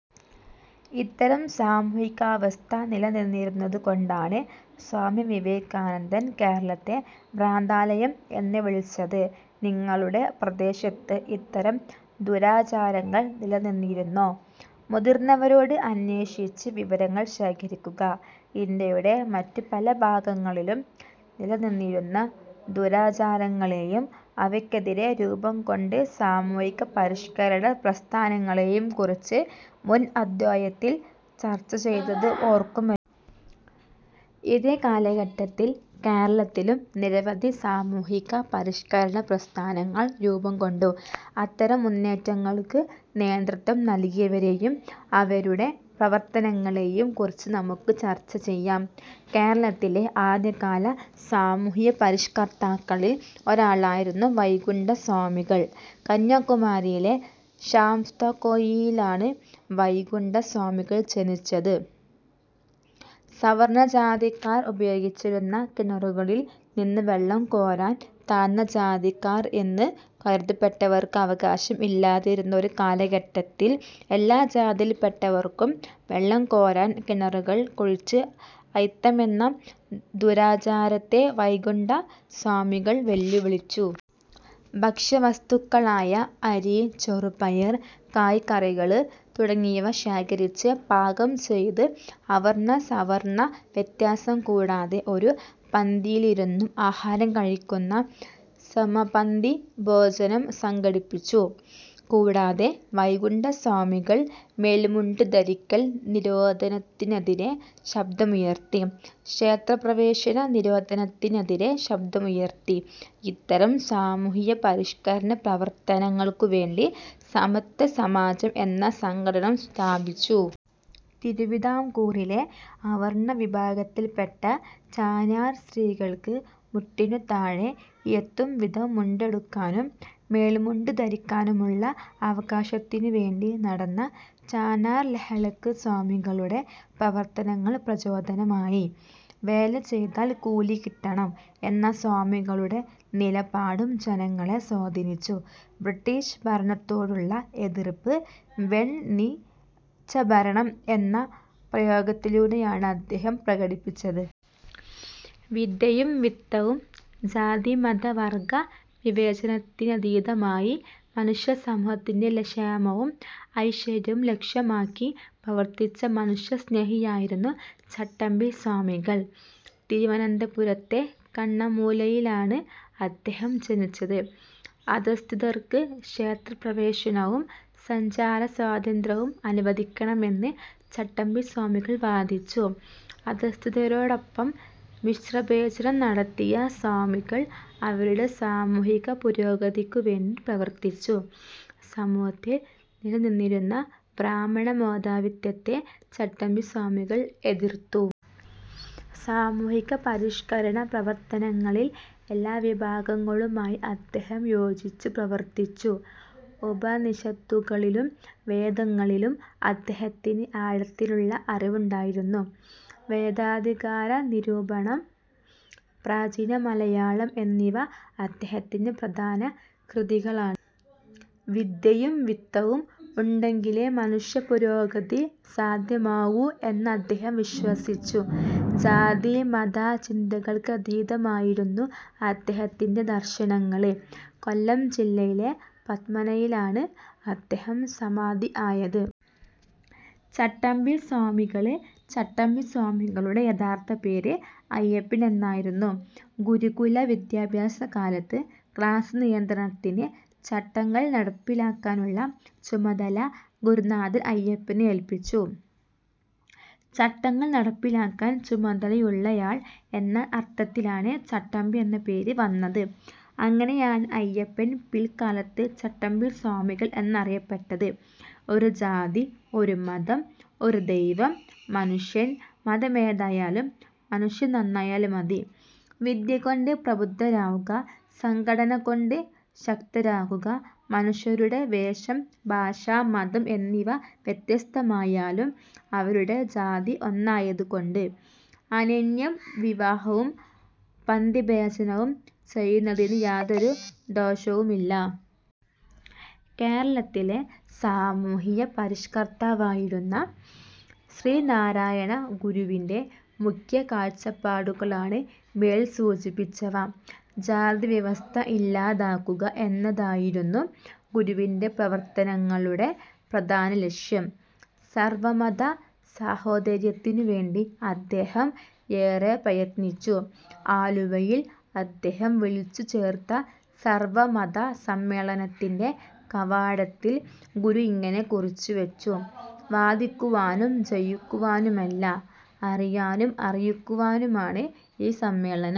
ഇത്തരം സാമൂഹികാവസ്ഥ നിലനിന്നിരുന്നതുകൊണ്ടാണ് സ്വാമി വിവേകാനന്ദൻ കേരളത്തെ ഭ്രാന്താലയം' എന്ന് വിളിച്ചത്. നിങ്ങളുടെ പ്രദേശത്ത് ഇത്തരം ദുരാചാരങ്ങൾ നിലനിന്നിരുന്നോ? മുതിർന്നവരോട് അന്വേഷിച്ച് വിവരങ്ങൾ ശേഖരിക്കുക. ഇന്ത്യയുടെ മറ്റ് പല ഭാഗങ്ങളിലും നിലനിന്നിരുന്ന ദുരാചാരങ്ങളെയും അവയ്ക്കെതിരെ രൂപം കൊണ്ട് സാമൂഹിക പരിഷ്കരണ പ്രസ്ഥാനങ്ങളെയും കുറിച്ച് മുൻ അധ്യായത്തിൽ ചർച്ചചെയ്തത് ഓർക്കുമ ഇതേ കാലഘട്ടത്തിൽ കേരളത്തിലും നിരവധി സാമൂഹിക പരിഷ്കരണ പ്രസ്ഥാനങ്ങൾ രൂപം കൊണ്ടു. അത്തരം മുന്നേറ്റങ്ങൾക്ക് നേതൃത്വം നൽകിയവരെയും അവരുടെ പ്രവർത്തനങ്ങളെയും കുറിച്ച് നമുക്ക് ചർച്ച ചെയ്യാം. കേരളത്തിലെ ആദ്യകാല സാമൂഹ്യപരിഷ്ക്കർത്താക്കളിൽ ഒരാളായിരുന്നു വൈകുണ്ഠസ്വാമികൾ. കന്യാകുമാരിയിലെ ശാസ്താംകോയിലിലാണ് വൈകുണ്ഠ സ്വാമികൾ ജനിച്ചത്. സവർണ്ണജാതിക്കാർ ഉപയോഗിച്ചിരുന്ന കിണറുകളിൽ നിന്ന് വെള്ളം കോരാൻ താഴ്ന്നജാതിക്കാർ എന്ന് കരുതപ്പെട്ടവർക്ക് അവകാശം ഇല്ലാതിരുന്ന ഒരു കാലഘട്ടത്തിൽ എല്ലാ ജാതിയിൽപ്പെട്ടവർക്കും വെള്ളം കോരാൻ കിണറുകൾ കുഴിച്ച് അയിത്തമെന്ന ദുരാചാരത്തെ വൈകുണ്ഠ സ്വാമികൾ വെല്ലുവിളിച്ചു. ഭക്ഷ്യവസ്തുക്കളായ അരി, ചെറുപയർ, കായ്കറികൾ തുടങ്ങിയവ ശേഖരിച്ച് പാകം ചെയ്ത് അവർണ്ണ സവർണ്ണ വ്യത്യാസം കൂടാതെ ഒരു പന്തിയിലിരുന്ന് ആഹാരം കഴിക്കുന്ന സമപന്തി ഭോജനം സംഘടിപ്പിച്ചു. കൂടാതെ വൈകുണ്ഠസ്വാമികൾ മേൽമുണ്ട് ധരിക്കൽ നിരോധനത്തിനെതിരെ ശബ്ദമുയർത്തി. ക്ഷേത്രപ്രവേശന നിരോധനത്തിനെതിരെ ശബ്ദമുയർത്തി. ഇത്തരം സാമൂഹ്യപരിഷ്കരണപ്രവർത്തനങ്ങൾക്കുവേണ്ടി സമത്വസമാജം എന്ന സംഘടന സ്ഥാപിച്ചു. തിരുവിതാംകൂറിലെ അവർണ്ണ വിഭാഗത്തിൽപ്പെട്ട ചാന്നാർ സ്ത്രീകൾക്ക് മുട്ടിനുതാഴെ എത്തും വിധം മുണ്ടുടുക്കാനും മേൽമുണ്ട് ധരിക്കാനുമുള്ള അവകാശത്തിനുവേണ്ടി നടന്ന ചാന്നാർ ലഹളയ്ക്ക് സ്വാമികളുടെ പ്രവർത്തനങ്ങൾ പ്രചോദനമായി. "വേല ചെയ്താൽ കൂലി കിട്ടണം" എന്ന സ്വാമികളുടെ നിലപാടും ജനങ്ങളെ സ്വാധീനിച്ചു. ബ്രിട്ടീഷ് ഭരണത്തോടുള്ള എതിർപ്പ് "വെൺ നീചഭരണം' എന്ന പ്രയോഗത്തിലൂടെയാണ് അദ്ദേഹം പ്രകടിപ്പിച്ചത്. വിദ്യയും വിത്തവും ജാതിമത വർഗ്ഗ വിവേചനത്തിനതീതമായി മനുഷ്യസമൂഹത്തിന്റെ ക്ഷേമവും ഐശ്വര്യവും ലക്ഷ്യമാക്കി പ്രവർത്തിച്ച മനുഷ്യ സ്നേഹിയായിരുന്നു ചട്ടമ്പി സ്വാമികൾ. തിരുവനന്തപുരത്തെ കണ്ണമൂലയിലാണ് അദ്ദേഹം ജനിച്ചത്. അധഃസ്ഥിതർക്ക് ക്ഷേത്രപ്രവേശനവും സഞ്ചാരസ്വാതന്ത്ര്യവും അനുവദിക്കണമെന്ന് ചട്ടമ്പിസ്വാമികൾ വാദിച്ചു. അധഃസ്ഥിതരോടൊപ്പം മിശ്രഭോജനം നടത്തിയ സ്വാമികൾ അവരുടെ സാമൂഹിക പുരോഗതിക്കുവേണ്ടി പ്രവർത്തിച്ചു. സമൂഹത്തിൽ നില നിന്നിരുന്ന ബ്രാഹ്മണമേധാവിത്വത്തെ ചട്ടമ്പിസ്വാമികൾ എതിർത്തു. സാമൂഹികപരിഷ്കരണ പ്രവർത്തനങ്ങളിൽ എല്ലാവിഭാഗങ്ങളുമായി അദ്ദേഹം യോജിച്ചു പ്രവർത്തിച്ചു. ഉപനിഷത്തുകളിലും വേദങ്ങളിലും അദ്ദേഹത്തിന് ആഴത്തിലുള്ള അറിവ് ഉണ്ടായിരുന്നു. ""വേദാധികാരനിരൂപണം', ""പ്രാചീനമലയാളം' എന്നിവ അദ്ദേഹത്തിന്റെ പ്രധാന കൃതികളാണ്. ""വിദ്യയും വിത്തവും' ഉണ്ടെങ്കിലേ മനുഷ്യപുരോഗതി സാധ്യമാകൂ എന്നദ്ദേഹം വിശ്വസിച്ചു. ജാതി മത ചിന്തകൾക്കതീതമായിരുന്നു അദ്ദേഹത്തിന്റെ ദർശനങ്ങൾ. കൊല്ലം ജില്ലയിലെ പന്മനയിലാണ് അദ്ദേഹം സമാധി ആയത്. ചട്ടമ്പി സ്വാമികൾ ചട്ടമ്പിസ്വാമികളുടെ യഥാർത്ഥ പേര് അയ്യപ്പൻ എന്നായിരുന്നു. ഗുരുകുല വിദ്യാഭ്യാസകാലത്ത് ക്ലാസ് നിയന്ത്രണത്തിന് ചട്ടങ്ങൾ നടപ്പിലാക്കാനുള്ള ചുമതല ഗുരുനാഥൻ അയ്യപ്പനെ ഏൽപ്പിച്ചു. ചട്ടങ്ങൾ നടപ്പിലാക്കാൻ ചുമതലയുള്ളയാൾ എന്ന അർത്ഥത്തിലാണ് ചട്ടമ്പി എന്ന പേര് വന്നത്. അങ്ങനെയാണ് അയ്യപ്പൻ പിൽക്കാലത്ത് ചട്ടമ്പി സ്വാമികൾ എന്നറിയപ്പെട്ടത്. "ഒരു ജാതി ഒരു മതം ഒരു ദൈവം മനുഷ്യന്' ", "മതമേതായാലും മനുഷ്യൻ നന്നായാൽ മതി', ""വിദ്യകൊണ്ട് പ്രബുദ്ധരാവുക, സംഘടന കൊണ്ട് ശക്തരാകുക' "മനുഷ്യരുടെ വേഷം, ഭാഷ, മതം എന്നിവ വ്യത്യസ്തമായാലും അവരുടെ ജാതി ഒന്നായതുകൊണ്ട്, അന്യോന്യം വിവാഹവും പന്തിഭോജനവും ചെയ്യുന്നതിന് യാതൊരു ദോഷവുമില്ല. ' കേരളത്തിലെ സാമൂഹ്യപരിഷ്കർത്താവായിരുന്ന ശ്രീനാരായണ ഗുരുവിന്റെ മുഖ്യ കാഴ്ചപ്പാടുകളാണ് മേൽ സൂചിപ്പിച്ചവ. ജാതിവ്യവസ്ഥ ഇല്ലാതാക്കുക എന്നതായിരുന്നു ഗുരുവിന്റെ പ്രവർത്തനങ്ങളുടെ പ്രധാനലക്ഷ്യം. സർവ്വമത സാഹോദര്യത്തിനുവേണ്ടി അദ്ദേഹം ഏറെ പ്രയത്നിച്ചു. ആലുവയിൽ അദ്ദേഹം വിളിച്ചുചേർത്ത സർവ്വമത സമ്മേളനത്തിന്റെ കവാടത്തിൽ ഗുരു ഇങ്ങനെ കുറിച്ചുവച്ചു. വാദിക്കുവാനും ജയിക്കുവാനുമല്ല, അറിയാനും അറിയിക്കുവാനുമാണ് ഈ സമ്മേളനം.